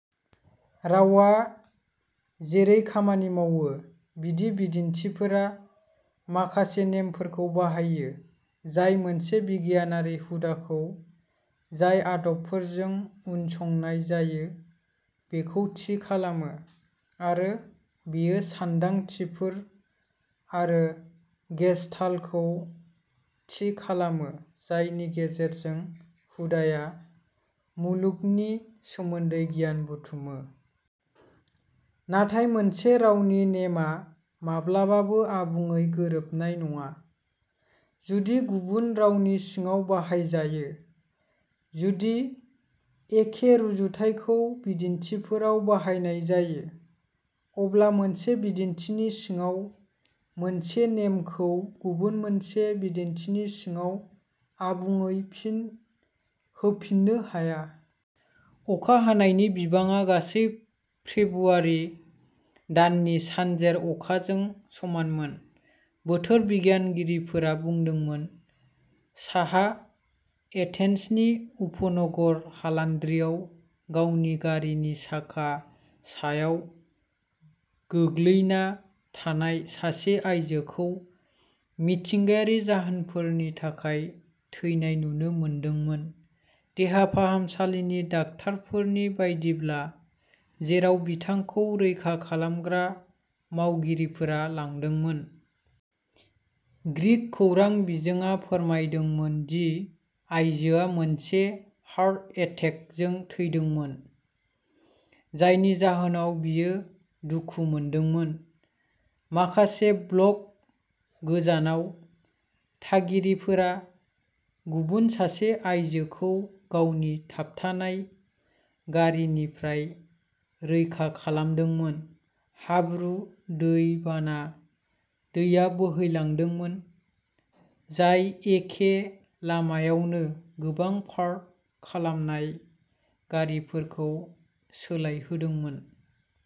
रावआ जेरै खामानि मावो, बिदि बिदिन्थिफोरा माखासे नेमफोरखौ बाहायो जाय मोनसे बिगियानारि हुदाखौ जाय आदबफोरजों उनसंनाय जायो बेखौ थि खालामो, आरो बेयो सान्दांथिफोर आरो गेसताल्टखौ थि खालामो जायनि गेजेरजों बे हुदाया मुलुगनि सोमोन्दै गियान बुथुमो। नाथाय मोनसे रावनि नेमआ माब्लाबाबो आबुङै गोरोबनाय नङा जुदि गुबुन रावनि सिङाव बाहायजायो। जुदि एखे रुजुथायखौ बिदिन्थिफोराव बाहायनाय जायो, अब्ला मोनसे बिदिन्थिनि सिङाव मोनसे नेमखौ गुबुन मोनसे बिदिन्थिनि सिङाव आबुङै फिन होफिननो हाया। अखा हानायनि बिबाङा गासै फेब्रुआरि दाननि सानजेर अखाजों समानमोन, बोथोर बिगियानगिरिफोरा बुंदोंमोन। साहा एथेन्सनि उपनगर हालान्ड्रिआव गावनि गारिनि साखा सायाव गोग्लैना थानाय सासे आयजोखौ मिथिंगायारि जाहोनफोरनि थाखाय थैनाय नुनो मोनदोंमोन, देहा फाहामसालिनि डाक्टारफोरनि बायदिब्ला, जेराव बिथांखौ रैखा खालामग्रा मावगिरिफोरा लांदोंमोन। ग्रीक खौरां बिजोंआ फोरमायदोंमोन दि आइजोआ मोनसे हार्ट एटेकजों थैदोंमोन, जायनि जाहोनाव बियो दुखु मोनदोंमोन। माखासे ब्लक गोजानाव, थागिरिफोरा गुबुन सासे आयजोखौ गावनि थाबथानाय गारिनिफ्राय रैखा खालामदोंमोन। हाब्रु दै बाना दैया बोहैलांदोंमोन, जाय एखे लामायावनो गोबां पार्क खालामनाय गारिफोरखौ सोलायहोदोंमोन।